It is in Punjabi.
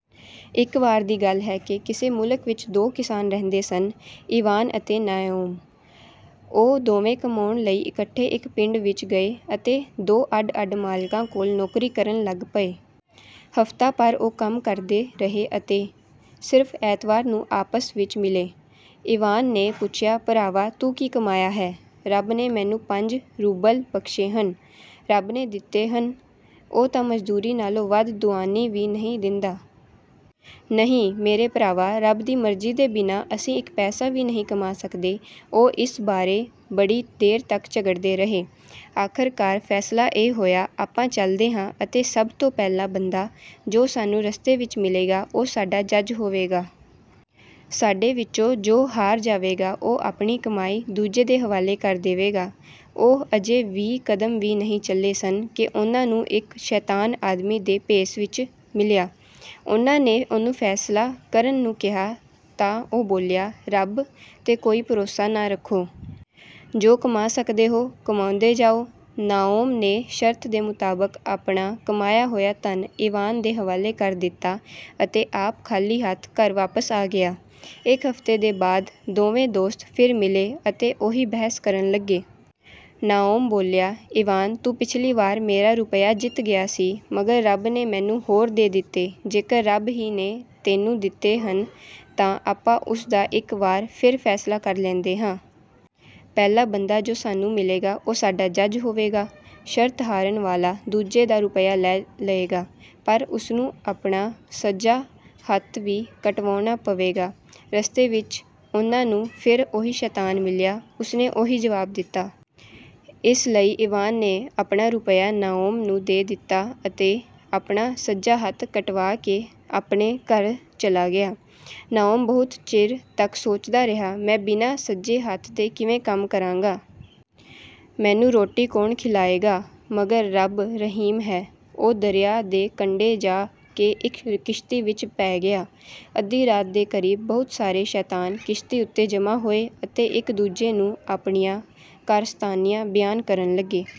ਇੱਕ ਵਾਰ ਦੀ ਗੱਲ ਹੈ ਕਿ ਕਿਸੇ ਮੁਲਕ ਵਿੱਚ ਦੋ ਕਿਸਾਨ ਰਹਿੰਦੇ ਸਨ, ਇਵਾਨ ਅਤੇ ਨਾਓਮ। ਉਹ ਦੋਵੇਂ ਕਮਾਉਣ ਲਈ ਇਕੱਠੇ ਇੱਕ ਪਿੰਡ ਵਿੱਚ ਗਏ ਅਤੇ ਦੋ ਅੱਡ-ਅੱਡ ਮਾਲਕਾਂ ਕੋਲ ਨੌਕਰੀ ਕਰਨ ਲੱਗ ਪਏ। ਹਫ਼ਤਾ ਭਰ ਉਹ ਕੰਮ ਕਰਦੇ ਰਹੇ ਅਤੇ ਸਿਰਫ਼ ਐਤਵਾਰ ਨੂੰ ਆਪਸ ਵਿੱਚ ਮਿਲੇ। ਇਵਾਨ ਨੇ ਪੁੱਛਿਆ, “ਭਰਾਵਾ, ਤੂੰ ਕੀ ਕਮਾਇਆ ਹੈ?” “ਰੱਬ ਨੇ ਮੈਨੂੰ ਪੰਜ ਰੂਬਲ ਬਖ਼ਸ਼ੇ ਹਨ।” “ਰੱਬ ਨੇ ਦਿੱਤੇ ਹਨ? ਉਹ ਤਾਂ ਮਜ਼ਦੂਰੀ ਨਾਲੋਂ ਵੱਧ ਦੁਆਨੀ ਵੀ ਨਹੀਂ ਦਿੰਦਾ।” “ਨਹੀਂ, ਮੇਰੇ ਭਰਾਵਾ, ਰੱਬ ਦੀ ਮਰਜ਼ੀ ਦੇ ਬਿਨਾਂ ਅਸੀਂ ਇੱਕ ਪੈਸਾ ਵੀ ਨਹੀਂ ਕਮਾ ਸਕਦੇ।” ਉਹ ਇਸ ਬਾਰੇ ਬੜੀ ਦੇਰ ਤੱਕ ਝਗੜਦੇ ਰਹੇ। ਆਖ਼ਰਕਾਰ ਫ਼ੈਸਲਾ ਇਹ ਹੋਇਆ, “ਆਪਾਂ ਚੱਲਦੇ ਹਾਂ ਅਤੇ ਸਭ ਤੋਂ ਪਹਿਲਾ ਬੰਦਾ, ਜੋ ਸਾਨੂੰ ਰਸਤੇ ਵਿੱਚ ਮਿਲੇਗਾ, ਉਹ ਸਾਡਾ ਜੱਜ ਹੋਵੇਗਾ। ਸਾਡੇ ਵਿੱਚੋਂ ਜੋ ਹਾਰ ਜਾਵੇਗਾ, ਉਹ ਆਪਣੀ ਕਮਾਈ ਦੂਜੇ ਦੇ ਹਵਾਲੇ ਕਰ ਦੇਵੇਗਾ।” ਉਹ ਅਜੇ ਵੀਹ ਕਦਮ ਵੀ ਨਹੀਂ ਚੱਲੇ ਸਨ ਕਿ ਉਹਨਾਂ ਨੂੰ ਇੱਕ ਸ਼ੈਤਾਨ ਆਦਮੀ ਦੇ ਭੇਸ ਵਿੱਚ ਮਿਲਿਆ। ਉਹਨਾਂ ਨੇ ਉਹਨੂੰ ਫ਼ੈਸਲਾ ਕਰਨ ਨੂੰ ਕਿਹਾ ਤਾਂ ਉਹ ਬੋਲਿਆ, “ਰੱਬ 'ਤੇ ਕੋਈ ਭਰੋਸਾ ਨਾ ਰੱਖੋ। ਜੋ ਕਮਾ ਸਕਦੇ ਹੋ, ਕਮਾਉਂਦੇ ਜਾਓ।” ਨਾਓਮ ਨੇ ਸ਼ਰਤ ਦੇ ਮੁਤਾਬਕ ਆਪਣਾ ਕਮਾਇਆ ਹੋਇਆ ਧਨ ਇਵਾਨ ਦੇ ਹਵਾਲੇ ਕਰ ਦਿੱਤਾ ਅਤੇ ਆਪ ਖ਼ਾਲੀ ਹੱਥ ਘਰ ਵਾਪਸ ਆ ਗਿਆ। ਇੱਕ ਹਫ਼ਤੇ ਦੇ ਬਾਅਦ ਦੋਵੇਂ ਦੋਸਤ ਫਿਰ ਮਿਲੇ ਅਤੇ ਉਹੀ ਬਹਿਸ ਕਰਨ ਲੱਗੇ। ਨਾਓਮ ਬੋਲਿਆ, “ਇਵਾਨ, ਤੂੰ ਪਿੱਛਲੀ ਵਾਰ ਮੇਰਾ ਰੁਪਿਆ ਜਿੱਤ ਗਿਆ ਸੀ, ਮਗਰ ਰੱਬ ਨੇ ਮੈਨੂੰ ਹੋਰ ਦੇ ਦਿੱਤੇ।” “ਜੇਕਰ ਰੱਬ ਹੀ ਨੇ ਤੈਨੂੰ ਦਿੱਤੇ ਹਨ, ਤਾਂ ਆਪਾਂ ਉਸ ਦਾ ਇੱਕ ਵਾਰ ਫਿਰ ਫ਼ੈਸਲਾ ਕਰ ਲੈਂਦੇ ਹਾਂ। ਪਹਿਲਾ ਬੰਦਾ ਜੋ ਸਾਨੂੰ ਮਿਲੇਗਾ, ਉਹ ਸਾਡਾ ਜੱਜ ਹੋਵੇਗਾ। ਸ਼ਰਤ ਹਾਰਨ ਵਾਲਾ ਦੂਜੇ ਦਾ ਰੁਪਿਆ ਲੈ ਲਏਗਾ, ਪਰ ਉਸਨੂੰ ਆਪਣਾ ਸੱਜਾ ਹੱਥ ਵੀ ਕਟਵਾਉਣਾ ਪਵੇਗਾ।” ਰਸਤੇ ਵਿੱਚ ਉਹਨਾਂ ਨੂੰ ਫਿਰ ਉਹੀ ਸ਼ੈਤਾਨ ਮਿਲਿਆ, ਜਿਸਨੇ ਉਹੀ ਜਵਾਬ ਦਿੱਤਾ। ਇਸ ਲਈ ਇਵਾਨ ਨੇ ਆਪਣਾ ਰੁਪਿਆ ਨਾਓਮ ਨੂੰ ਦੇ ਦਿੱਤਾ ਅਤੇ ਆਪਣਾ ਸੱਜਾ ਹੱਥ ਕਟਵਾ ਕੇ ਆਪਣੇ ਘਰ ਚਲਾ ਗਿਆ। ਨਾਓਮ ਬਹੁਤ ਚਿਰ ਤੱਕ ਸੋਚਦਾ ਰਿਹਾ, “ਮੈਂ ਬਿਨਾਂ ਸੱਜੇ ਹੱਥ ਦੇ ਕਿਵੇਂ ਕੰਮ ਕਰਾਂਗਾ? ਮੈਨੂੰ ਰੋਟੀ ਕੌਣ ਖਿਲਾਏਗਾ? ਮਗਰ ਰੱਬ ਰਹੀਮ ਹੈ।” ਉਹ ਦਰਿਆ ਦੇ ਕੰਢੇ ਜਾ ਕੇ ਇੱਕ ਕਿਸ਼ਤੀ ਵਿੱਚ ਪੈ ਗਿਆ। ਅੱਧੀ ਰਾਤ ਦੇ ਕ਼ਰੀਬ ਬਹੁਤ ਸਾਰੇ ਸ਼ੈਤਾਨ ਕਿਸ਼ਤੀ ਉੱਤੇ ਜਮ੍ਹਾਂ ਹੋਏ ਅਤੇ ਇੱਕ-ਦੂਜੇ ਨੂੰ ਆਪਣੀਆਂ ਕਾਰਸਤਾਨੀਆਂ ਬਿਆਨ ਕਰਨ ਲੱਗੇ।